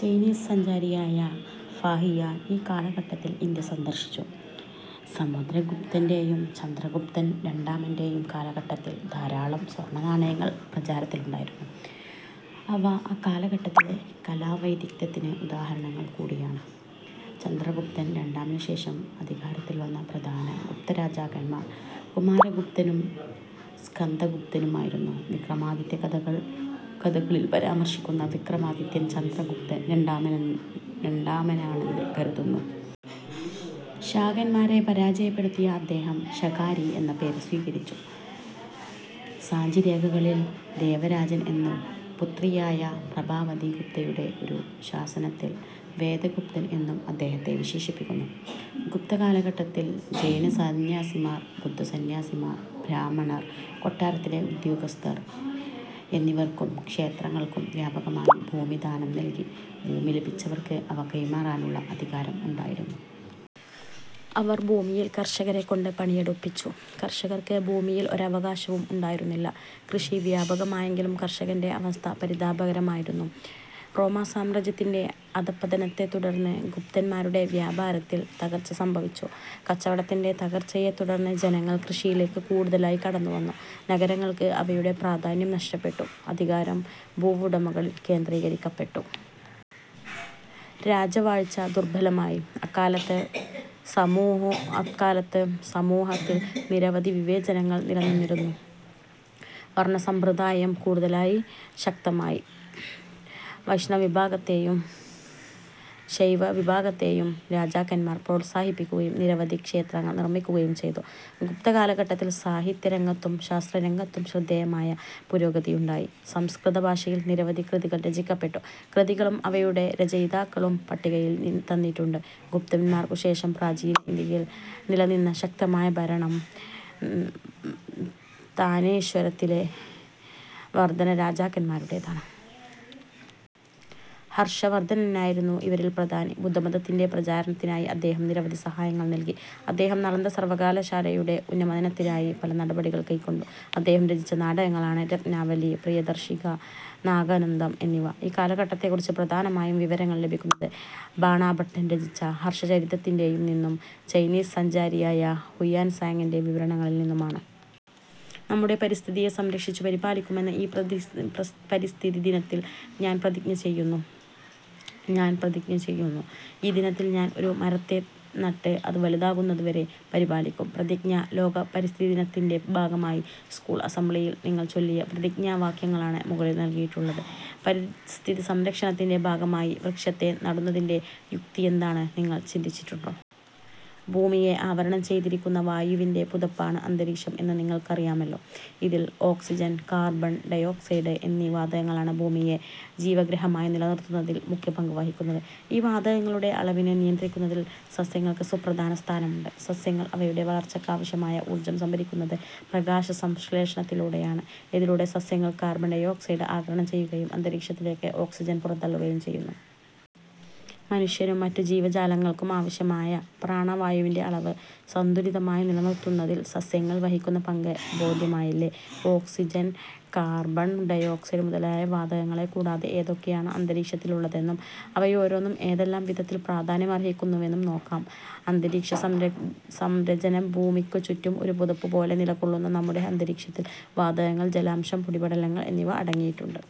Chinese സഞ്ചാരിയായ Fahien ഈ കാലഘട്ടത്തിൽ ഇന്ത്യ സന്ദർശിച്ചു. സമുദ്രഗുപ്തന്റെയും ചന്ദ്രഗുപ്തൻ രണ്ടാമന്റെയും കാലഘട്ടത്തിൽ ധാരാളം സ്വർണ നാണയങ്ങൾ പ്രചാരത്തിലുണ്ടായിരുന്നു. അവ അക്കാലഘട്ടത്തിലെ കലാവൈദഗ്ധ്യത്തിന് ഉദാഹരണങ്ങൾ കൂടിയാണ്. ചന്ദ്രഗുപ്തൻ രണ്ടാമനു ശേഷം അധികാരത്തിൽ വന്ന പ്രധാന ഗുപ്തരാജാക്കന്മാർ കുമാരഗുപ്തനും സ്കന്ദഗുപ്തനും ആയിരുന്നു. വിക്രമാദിത്യ കഥകളിൽ പരാമർശിക്കുന്ന വിക്രമാദിത്യൻ ചന്ദ്രഗുപ്തൻ രണ്ടാമനാണെന്ന് കരുതുന്നു. ശാകന്മാരെ പരാജയപ്പെടുത്തിയ അദ്ദേഹം ""ശകാരി' എന്ന പേര് സ്വീകരിച്ചു. സാഞ്ചിരേഖകളിൽ ""ദേവരാജൻ എന്നും പുത്രിയായ പ്രഭാവതി ഗുപ്തയുടെ ഒരു ശാസനത്തിൽ "ദേവഗുപ്തൻ' എന്നും അദ്ദേഹത്തെ വിശേഷിപ്പിക്കുന്നു. ഗുപ്തകാലഘട്ടത്തിൽ ജൈനസന്ന്യാസിമാർ, ബുദ്ധ സന്ന്യാസിമാർ, ബ്രാഹ്മണർ, കൊട്ടാരത്തിലെ ഉദ്യോഗസ്ഥർ എന്നിവർക്കും ക്ഷേത്രങ്ങൾക്കും വ്യാപകമായി ഭൂമി ദാനം നൽകി. ഭൂമി ലഭിച്ചവർക്ക് അവ കൈമാറാനുള്ള അധികാരം ഉണ്ടായിരുന്നു. അവർ ഭൂമിയിൽ കർഷകരെക്കൊണ്ട് പണിയെടുപ്പിച്ചു. കർഷകർക്ക് ഭൂമിയിൽ ഒരവകാശവും ഉണ്ടായിരുന്നില്ല. കൃഷി വ്യാപകമായെങ്കിലും കർഷകന്റെ അവസ്ഥ പരിതാപകരമായിരുന്നു. റോമാസാമ്രാജ്യത്തിന്റെ അധപ്പപതനത്തെത്തുടർന്ന് ഗുപ്തന്മാരുടെ വ്യാപാരത്തിൽ തകർച്ച സംഭവിച്ചു. കച്ചവടത്തിന്റെ തകർച്ചയെ തുടർന്ന് ജനങ്ങൾ കൃഷിയിലേക്കു കൂടുതലായി കടന്നുവന്നു. നഗരങ്ങൾക്ക് അവയുടെ പ്രാധാന്യം നഷ്ടപ്പെട്ടു. അധികാരം ഭൂവുടമകളിൽ കേന്ദ്രീകരിക്കപ്പെട്ടു. രാജവാഴ്ച ദുർബലമായി. അക്കാലത്ത് സമൂഹത്തിൽ നിരവധി വിവേചനങ്ങൾ നിലനിന്നിരുന്നു. വർണസമ്പ്രദായം കൂടുതൽ ശക്തമായി. വൈഷ്ണവിഭാഗത്തെയും ശൈവവിഭാഗത്തെയും രാജാക്കന്മാർ പ്രോത്സാഹിപ്പിക്കുകയും നിരവധി ക്ഷേത്രങ്ങൾ നിർമിക്കുകയും ചെയ്തു. ഗുപ്തകാലഘട്ടത്തിൽ സാഹിത്യരംഗത്തും ശാസ്ത്രരംഗത്തും ശ്രദ്ധേയമായ പുരോഗതിയുണ്ടായി. സംസ്കൃതഭാഷയിൽ നിരവധി കൃതികൾ രചിക്കപ്പെട്ടു. കൃതികളും അവയുടെ രചയിതാക്കളും പട്ടികയിൽ തന്നിട്ടുണ്ട്. ഗുപ്തന്മാർക്കുശേഷം പ്രാചീന ഇന്ത്യയിൽ നിലനിന്ന ശക്തമായ ഭരണം താനേശ്വരത്തിലെ വർധനരാജാക്കന്മാരുടേതാണ്. ഹർഷവർധനനായിരുന്നു ഇവരിൽ പ്രധാനി. ബുദ്ധമതത്തിന്റെ പ്രചാരത്തിനായി അദ്ദേഹം നിരവധി സഹായങ്ങൾ നൽകി. അദ്ദേഹം നളന്ദ സർവകലാശാലയുടെ ഉന്നമനത്തിനായി പല നടപടികൾ കൈക്കൊണ്ടു. അദ്ദേഹം രചിച്ച നാടകങ്ങളാണ് രത്നാവലി, പ്രിയദർശിക, നാഗാനന്ദം എന്നിവ. ഈ കാലഘട്ടത്തെക്കുറിച്ച് പ്രധാനമായും വിവരങ്ങൾ ലഭിക്കുന്നത് ബാണ ഭട്ടൻ രചിച്ച "ഹർഷചരിതത്തിൽ നിന്നും ചൈനീസ് സഞ്ചാരിയായ ഹുയാൻസാങിന്റെ വിവരണങ്ങളിൽ നിന്നുമാണ്. നമ്മുടെ പരിസ്ഥിതിയെ സംരക്ഷിച്ചു പരിപാലിക്കുമെന്ന് ഈ പരിസ്ഥിതി ദിനത്തിൽ ഞാൻ പ്രതിജ്ഞ ചെയ്യുന്നു. ഈ ദിനത്തിൽ ഞാൻ ഒരു മരത്തെ നട്ട് അത് വലുതാകുന്നതുവരെ പരിപാലിക്കും. -പ്രതിജ്ഞ ലോക പരിസ്ഥിതിദിനത്തിന്റെ ഭാഗമായി സ്കൂൾ അസംബ്ലിയിൽ നിങ്ങൾ ചൊല്ലിയ പ്രതിജ്ഞാവാക്യങ്ങളാണ് മുകളിൽ നൽകിയിട്ടുള്ളത്. പരിസ്ഥിതിസംരക്ഷണത്തിന്റെ ഭാഗമായി വൃക്ഷത്തൈ നടുന്നതിന്റെ യുക്തി യെന്തെന്ന് നിങ്ങൾ ചിന്തിച്ചിട്ടുണ്ടോ? ഭൂമിയെ ആവരണം ചെയ്തിരിക്കുന്ന വായുവിന്റെ പുതപ്പാണ് അന്തരീക്ഷം എന്നു നിങ്ങൾക്കറിയാമല്ലോ. ഇതിൽ ഓക്സിജൻ, കാർബൺ ഡയോക്സൈഡ് എന്നീ വാതകങ്ങളാണ് ഭൂമിയെ ജീവഗൃഹമായി നിലനിർത്തുന്നതിൽ മുഖ്യ പങ്കുവഹിക്കുന്നത്. ഈ വാതകങ്ങളുടെ അളവിനെ നിയന്ത്രിക്കുന്നതിൽ സസ്യങ്ങൾക്ക് സുപ്രധാന സ്ഥാനമുണ്ട്. സസ്യങ്ങൾ അവയുടെ വളർച്ചയ്ക്കാവശ്യമായ ഊർജം സംഭരിക്കുന്നത് പ്രകാശസംശ്ലേഷണത്തിലൂടെയാണ്. ഇതിലൂടെ സസ്യങ്ങൾ കാർബൺ ഡയോക്സൈഡ് ആഗിരണം ചെയ്യുകയും അന്തരീക്ഷത്തിലേക്ക് ഓക്സിജൻ പുറന്തള്ളുകയും ചെയ്യുന്നു. മനുഷ്യനും മറ്റു ജീവജാലങ്ങൾക്കും ആവശ്യമായ പ്രാണവായുവിന്റെ അളവ് സന്തുലിതമായി നിലനിർത്തുന്നതിൽ സസ്യങ്ങൾ വഹിക്കുന്ന പങ്ക് ബോധ്യമായില്ലേ. ഓക്സിജൻ, കാർബൺ ഡയോക്സൈഡ് മുതലായ വാതകങ്ങളെ കൂടാതെ ഏതൊക്കെയാണ് അന്തരീക്ഷത്തിലുള്ളതെന്നും അവയോരോന്നും ഏതെല്ലാം വിധത്തിൽ പ്രാധാന്യമർഹിക്കുന്നുവെന്നും നോക്കാം. അന്തരീക്ഷസംരചന ഭൂമിക്കുചുറ്റും ഒരു പുതപ്പു പോലെ നിലകൊള്ളുന്ന നമ്മുടെ അന്തരീക്ഷത്തിൽ വാതകങ്ങൾ, ജലാംശം, പൊടിപടലങ്ങൾ എന്നിവ അട ങ്ങിയിട്ടുണ്ട്.